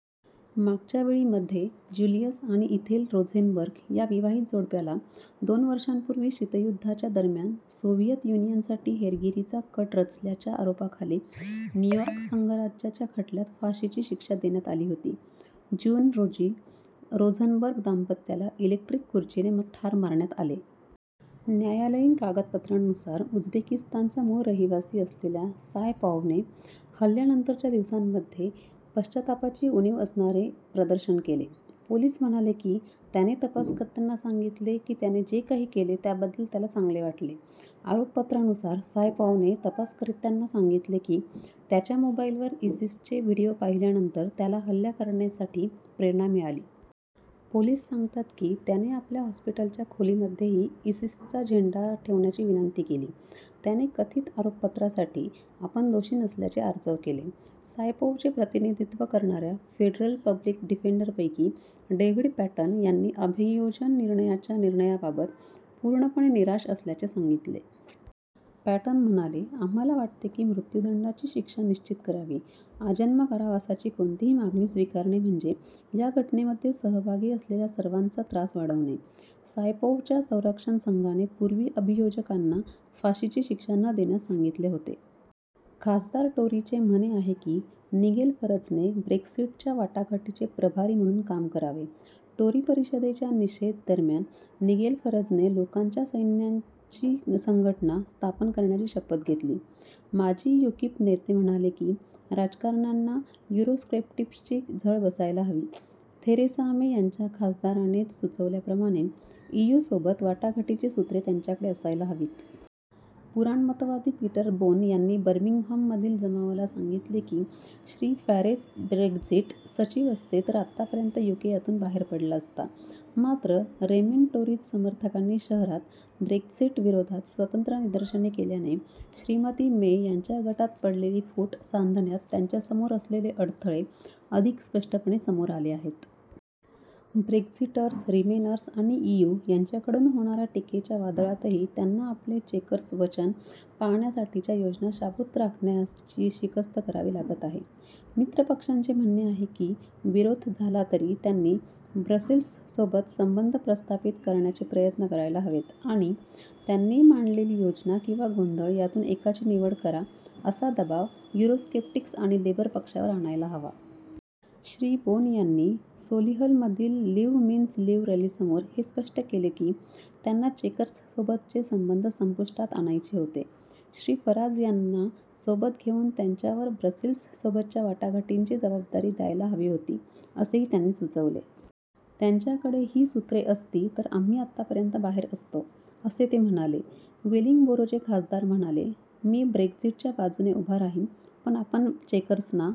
मागच्या वेळी मध्ये जुलियस आणि इथेल रोझेनबर्ग, या विवाहित जोडप्याला दोन वर्षापूर्वी शीतयुद्धाच्या दरम्यान सोव्हियत युनियनसाठी हेरगिरीचा कट रचल्याच्या आरोपाखाली न्यूयॉर्क संघराज्याच्या खटल्यात फाशीची शिक्षा देण्यात आली होती. जून, रोजी रोझनबर्ग दांपत्याला इलेक्ट्रिक खुर्चीने ठार मारण्यात आले. न्यायालयीन कागदपत्रांनुसार, उझबेकिस्तानचा मूळ रहिवासी, असलेल्या सायपॉव्हने, हल्ल्यानान्तार्च्या दिवसांमध्ये पश्चातापाची उणीव असणारे प्रदर्शन केले. पोलीस म्हणाले की त्याने तपासकर्त्यांना सांगितले की त्याने जे काही केले त्याबद्दल त्याला चांगले वाटले. आरोपपत्रानुसार, सायपॉव्हने तपासकर्त्यांना सांगितले कि, त्याच्या मोबाईलवर इसीसचे व्हिडीओ पाहिल्यानंतर त्याला हल्ला करण्यासाठी प्रेरणा मिळाली. पोलीस सांगतात कि, त्याने आपल्या हॉस्पिटलच्या खोलीमध्येही इसीसचा झेंडा ठेवण्याची विनंती केली. त्याने कथित आरोपपत्रासाठी आपण दोषी नसल्याचे आर्जव केले. सायपोव्हचे प्रतिनिधीत्व करणाऱ्या फेडरल पब्लिक डिफेंडरंपैकी डेव्हिड पॅटन यांनी अभियोजन निर्णयाच्या निर्णयाबाबत "पूर्णपणे निराश" असल्याचे सांगितले. पॅटन म्हणाले, "आम्हाला वाटते की मृत्युदंडाची शिक्षा निश्चित करावी, आजन्म कारावासाची कोणतीही मागणी स्वीकारणे म्हणजे या घटनेमध्ये सहभागी असलेल्या सर्वांचा त्रास वाढवणे. सायपोव्हच्या संरक्षण संघाने पूर्वी अभियोजकांना फाशीची शिक्षा न देण्यास सांगितले होते. खासदार टोरीचे म्हणे आहे की, निगेल फरजने ब्रेक्सिटच्या वाटाघाटीचे प्रभारी म्हणून काम करावे. टोरी परिषदेच्या निषेध दरम्यान निगेल फरजने 'लोकांच्या सैन्याची संघटना' स्थापन करण्याची शपथ घेतली. माजी यूकिप नेते म्हणाले की राजकारण्यांना युरोस्केप्टिक्सची झळ बसायला हवी- थेरेसा मे यांच्या खासदारानेच सुचवल्याप्रमाणे, ईयूसोबत वाटाघाटीची सूत्रे त्यांच्याकडे असायला हवीत. पुराणमतवादी पीटर बोन यांनी बर्मिंगहममधील जमावाला सांगितले की श्री. फॅरेज ब्रेक्झिट सचिव असते तर आतापर्यंत यूके 'यातून बाहेर पडला असता'. मात्र, रेमेन टोरीज समर्थकांनी शहरात ब्रेक्झिटविरोधात स्वतंत्र निदर्शने केल्याने श्रीमती मे यांच्या गटात पडलेली फूट सांधण्यात त्यांच्यासमोर असलेले अडथळे अधिक स्पष्टपणे समोर आले आहेत. ब्रेक्झिटर्स, रीमेनर्स आणि ईयू यांच्याकडून होणाऱ्या टीकेच्या वादळातही त्यांना आपले चेकर्स वचन पाळण्यासाठीच्या योजना शाबूत राखण्याची शिकस्त करावी लागत आहे. मित्र पक्षांचे म्हणणे आहे की विरोध झाला तरी त्यांनी ब्रसेल्ससोबत संबंध प्रस्थापित करण्याचे प्रयत्न करायला हवेत आणि त्यांनी मांडलेली योजना किंवा 'गोंधळ' यातून एकाची निवड करा असा दबाव युरोस्केप्टिक्स आणि लेबर पक्षावर आणायला हवा. श्री. बोन यांनी सोलिहलमधील लीव्ह मीन्स लीव्ह रॅलीसमोर हे स्पष्ट केले की त्यांना 'चेकर्ससोबतचे संबंध संपुष्टात आणायचे होते'. श्री. फराज यांना सोबत घेऊन त्यांच्यावर ब्रसेल्ससोबतच्या वाटाघाटींची जबाबदारी द्यायला हवी होती, असेही त्यांनी सुचवले. त्यांच्याकडे ही सुत्रे असती तर आम्ही आतापर्यंत बाहेर असतो,' असे ते म्हणाले. वेलिंगबोरोचे खासदार म्हणाले: "मी ब्रेक्झिटच्या बाजून उभा राहीन, पण आपण चेकर्सना